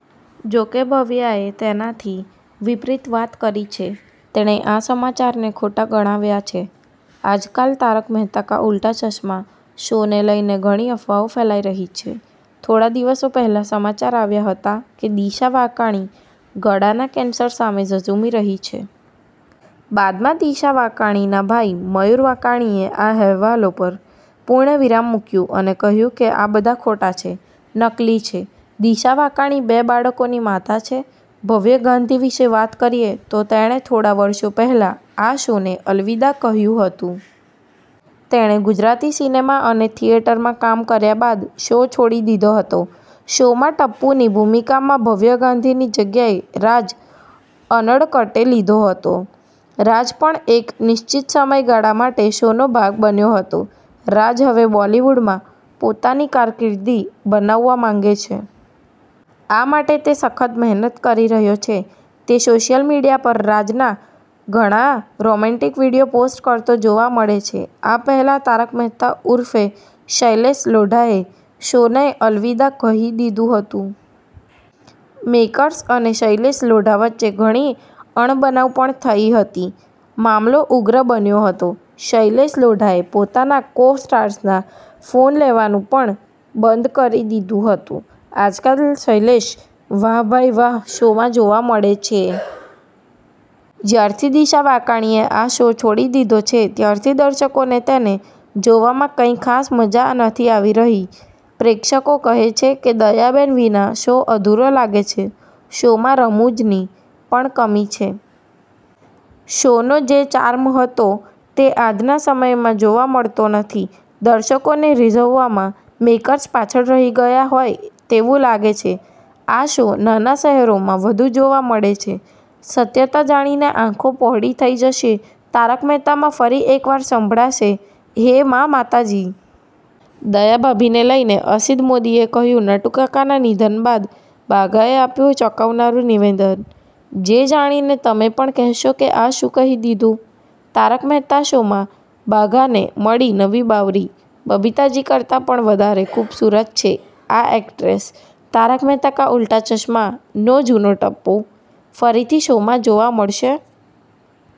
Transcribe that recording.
જો કે ભવ્યાએ તેનાથી વિપરિત વાત કરી છે. તેણે આ સમાચારને ખોટા ગણાવ્યા છે. આજકાલ 'તારક મહેતા કા ઉલ્ટા ચશ્મા' શોને લઈને ઘણી અફવાઓ ફેલાઈ રહી છે. થોડા દિવસો પહેલા સમાચાર આવ્યા હતા કે દિશા વાકાણી ગળાના કેન્સર સામે ઝઝૂમી રહી છે. બાદમાં દિશા વાકાણીના ભાઈ મયુર વાકાણીએ આ અહેવાલો પર પૂર્ણવિરામ મૂક્યું અને કહ્યું કે આ બધા ખોટા છે, નકલી છે. દિશા વાકાણી બે બાળકોની માતા છે. ભવ્ય ગાંધી વિશે વાત કરીએ તો, તેણે થોડા વર્ષો પહેલા આ શોને અલવિદા કહ્યું હતું. તેણે ગુજરાતી સિનેમા અને થિયેટરમાં કામ કર્યા બાદ શો છોડી દીધો હતો. શોમાં ટપ્પુની ભૂમિકામાં ભવ્ય ગાંધીની જગ્યાએ રાજ અનડકટે લીધો હતો. રાજ પણ એક નિશ્ચિત સમયગાળા માટે શોનો ભાગ બન્યો હતો. રાજ હવે બોલિવૂડમાં પોતાની કારકિર્દી બનાવવા માંગે છે. આ માટે તે સખત મહેનત કરી રહ્યો છે. તે સોશિયલ મીડિયા પર રાજના ઘણા રોમેન્ટિક વીડિયો પોસ્ટ કરતો જોવા મળે છે. આ પહેલા તારક મહેતા ઉર્ફે શૈલેષ લોઢાએ શોને અલવિદા કહી દીધું હતું. મેકર્સ અને શૈલેષ લોઢા વચ્ચે ઘણી અણબનાવ પણ થઈ હતી. મામલો ઉગ્ર બન્યો હતો. શૈલેષ લોઢાએ પોતાના કો-સ્ટાર્સના ફોન લેવાનું પણ બંધ કરી દીધું હતું. આજકાલ શૈલેષ 'વાહ ભાઈ વાહ' શોમાં જોવા મળે છે. જ્યારથી દિશા વાકાણીએ આ શો છોડી દીધો છે, ત્યારથી દર્શકોને તેને જોવામાં કંઈ ખાસ મજા નથી આવી રહી. પ્રેક્ષકો કહે છે કે દયાબેન વિના શો અધૂરો લાગે છે. શોમાં રમૂજની પણ કમી છે. શોનો જે ચાર્મ હતો તે આજના સમયમાં જોવા મળતો નથી. દર્શકોને રીઝવવામાં મેકર્સ પાછળ રહી ગયા હોય તેવું લાગે છે. આ શો નાના શહેરોમાં વધુ જોવા મળે છે. સત્યતા જાણીને આંખો પહોળી થઇ જશે તારક મહેતામાં ફરી એકવાર સંભળાશે 'હે માં, માતાજી! '– દયા ભાભીને લઈને અસીદ મોદીએ કહ્યું નટુકાકાના નિધન બાદ બાઘાએ આપ્યું ચોંકાવનારુ નિવેદન, જે જાણીને તમે પણ કહેશો કે આ શું કહી દીધું? તારક મહેતા શોમાં 'બાઘા'ને મળી નવી બાવરી, બબીતાજી કરતા પણ વધારે ખૂબસૂરત છે આ એક્ટ્રેસ "'તારક મહેતા કા ઉલ્ટા ચશ્મા' નો જુનો ટપ્પુ ફરીથી શોમાં જોવા મળશે?